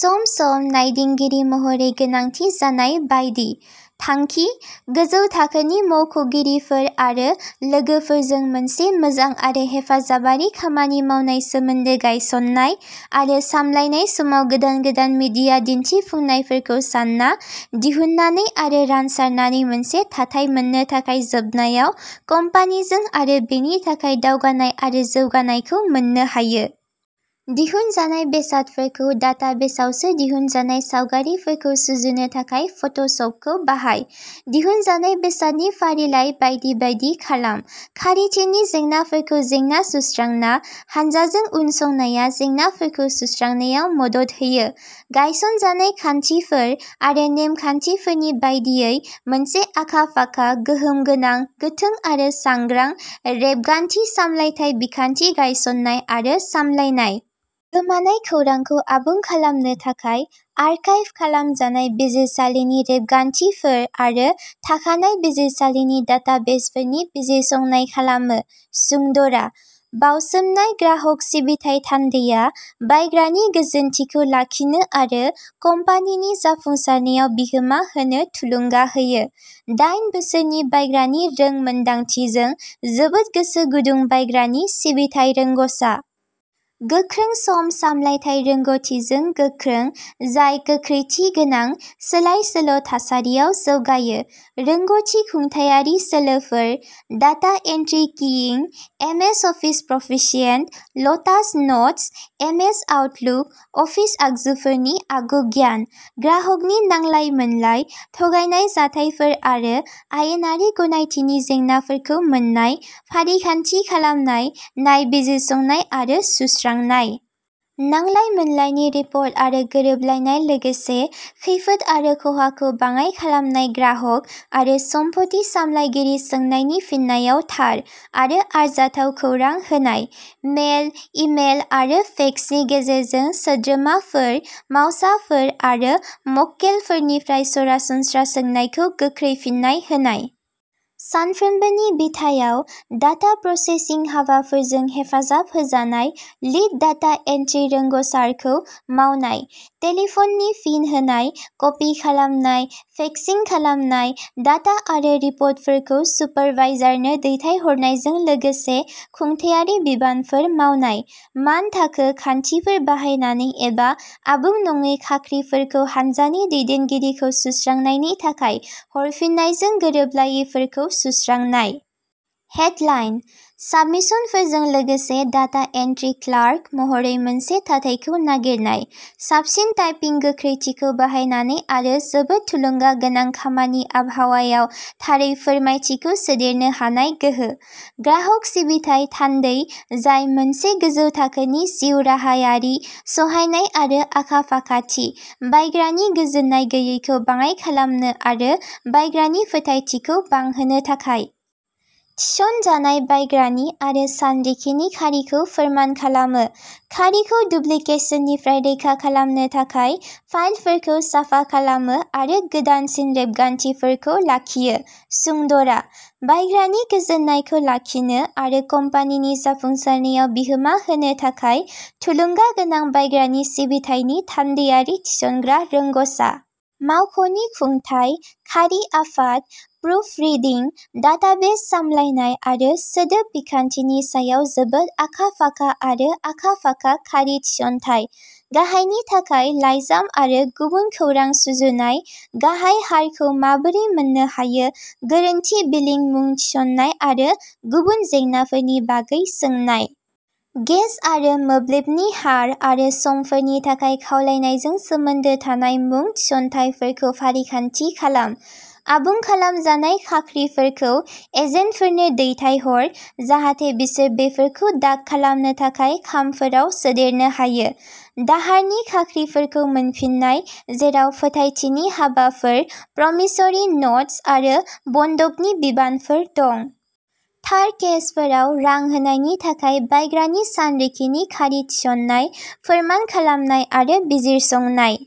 सम-सम नायदिंगिरि महरै गोनांथि जानाय बायदि। थांखिः गोजौ थाखोनि मावख'गिरिफोर आरो लोगोफोरजों मोनसे मोजां आरो हेफाजाबारि खामानि मावनाय सोमोन्दो गायसन्नाय आरो सामलायनाय समाव गोदान गोदान मिडिया दिन्थिफुंनायफोरखौ सानना, दिहुननानै आरो रानसारनानै मोनसे थाथाय मोन्नो थाखाय जोबनायाव कम्पानिजों आरो बेनि थाखाय दावगानाय आरो जौगानायखौ मोन्नो हायो। दिहुनजानाय बेसादफोरखौ डाटाबेसावसो दिहुनजानाय सावगारिफोरखौ सुजुनो थाखाय फट'शपखौ बाहाय, दिहुनजानाय बेसादनि फारिलाइ बायदि बायदि खालाम। खारिथिनि जेंनाफोरखौ जेंना सुस्रांना, हान्जाजों उनसंनाया जेंनाफोरखौ सुस्रांनायाव मदद होयो। गायसनजानाय खान्थिफोर आरो नेमखान्थिफोरनि बायदियै मोनसे आखा-फाखा, गोहोम गोनां, गोथों आरो सांग्रां रेबगान्थि सामलायथाय बिखान्थि गायसन्नाय आरो सामलायनाय। गोमानाय खौरांखौ आबुं खालामनो थाखाय आर्काइभ खालामजानाय बिजिरसालिनि रेबगान्थिफोर आरो थाखानाय बिजिरसालिनि डाटाबेसफोरनि बिजिरसंनाय खालामो। सुंदराः बावसोमनाय ग्राहक सिबिथाइ थान्दैआ बायग्रानि गोजोनथिखौ लाखिनो आरो कम्पानिनि जाफुंसारनायाव बिहोमा होनो थुलुंगा होयो। दाइन बोसोरनि बायग्रानि रोंमोनदांथिजों जोबोद गोसो गुदुं बायग्रानि सिबिथाइ रोंग'सा। गोख्रों सम सामलायथाय रोंग'थिजों गोख्रों जाय गोख्रैथि गोनां, सोलायसोल' थासारियाव जौगायो। रोंग'थि खुंथायारि सोलोफोर, डाटा एन्ट्रि किइं, MS Office proficient, Lotus Notes, MS Outlook, office आगजुफोरनि आगु गियान। ग्राहकनि नांलाय-मोनलाय, थगायनाय जाथायफोर आरो आयेनारि गनायथिनि जेंनाफोरखौ मोन्नाय, फारिखान्थि खालामनाय, नायबिजिरसंनाय आरो सुस्रांनाय। नांलाय-मोनलायनि रिपर्ट आरो गोरोबलायनाय लोगोसे खैफोद आरो खहाखौ बाङाइ खालामनाय ग्राहक आरो सम्पथि सामलायगिरि सोंनायनि फिननायाव थार आरो आरजाथाव खौरां होनाय। मेल, इ-मेल आरो फेक्सनि गेजेरजों सोद्रोमाफोर, मावसाफोर आरो मक्केलफोरनिफ्राय सरासनस्रा सोंनायखौ गोख्रै फिननाय होनाय। सानफ्रोमबोनि बिथायाव डाटा प्रसेसिं हाबाफोरजों हेफाजाब होजानाय लीड डाटा एन्ट्रि रोंग'सारखौ मावनाय। टेलिफ'ननि फिन होनाय, कपि खालामनाय, फेक्सिं खालामनाय, डाटा आरो रिपर्टफोरखौ सुपारभाइजारनो दैथायहरनायजों लोगोसे खुंथायारि बिबानफोर मावनाय। मानथाखो खान्थिफोर बाहायनानै एबा आबुं नङै खाख्रिफोरखौ हानजानि दैदेनगिरिखौ सुस्रांनायनि थाखाय हरफिन्नायजों गोरोबलायैफोरखौ सुस्रांनाय। हेडलाइनः साबमिशनफोरजों लोगोसे डाटा एन्ट्रि क्लार्क महरै मोनसे थाथायखौ नागिरनाय, साबसिन टाइपिं गोख्रैथिखौ बाहायनानै आरो जोबोद थुलुंगागोनां खामानि आबहावायाव थारै फोरमायथिखौ सोदेरनो हानाय गोहो। ग्राहक सिबिथाइ थान्दै जाय मोनसे गोजौ थाखोनि जिउ राहायारि, सहायनाय आरो आखा-फाखाथि, बायग्रानि गोजोन्नाय गैयैखौ बाङाइ खालामनो आरो बायग्रानि फोथायथिखौ बांहोनो थाखाय। थिसनजानाय बायग्रानि आरो सानरिखिनि खारिखौ फोरमान खालामो, खारिखौ डुप्लिकेशननिफ्राय रैखा खालामनो थाखाय फाइलफोरखौ साफा खालामो आरो गोदानसिन रेबगान्थिफोरखौ लाखियो। सुंदराः बायग्रानि गोजोननायखौ लाखिनो आरो कम्पानिनि जाफुंसारनायाव बिहोमा होनो थाखाय थुलुंगा गोनां बायग्रानि सिबिथायनि थान्दैयारि थिसनग्रा रोंग'सा। मावख'नि खुंथाय, खारि आफाद, प्रुफरिडिं, डाटाबेस सामलायनाय आरो सोदोब बिखान्थिनि सायाव जोबोद आखा-फाखा आरो आखा-फाखा खारि थिसनथाय। गाहायनि थाखाय लाइजाम आरो गुबुन खौरां सुजुनाय, गाहाय हारखौ माबोरै मोन्नो हायो, गोरोन्थि बिलिं मुं थिसननाय आरो गुबुन जेंनाफोरनि बागै सोंनाय। गेस आरो मोब्लिबनि हार आरो समफोरनि थाखाय खावलायनायजों सोमोन्दो थानाय मुं थिसनथायफोरखौ फारिखान्थि खालाम। आबुं खालामजानाय खाख्रिफोरखौ एजेन्टफोरनो दैथाय हर जाहाथे बिसोर बेफोरखौ डाक खालामनो थाखाय खामफोराव सोदेरनो हायो। दाहारनि खाख्रिफोरखौ मोनफिननाय, जेराव फोथायथिनि हाबाफोर, प्रमिसरि न'ट्स आरो बन्दकनि बिबानफोर दं। थार केसफोराव रां होनायनि थाखाय बायग्रानि सानरिखिनि खारि थिसननाय, फोरमान खालामनाय आरो बिजिरसंनाय।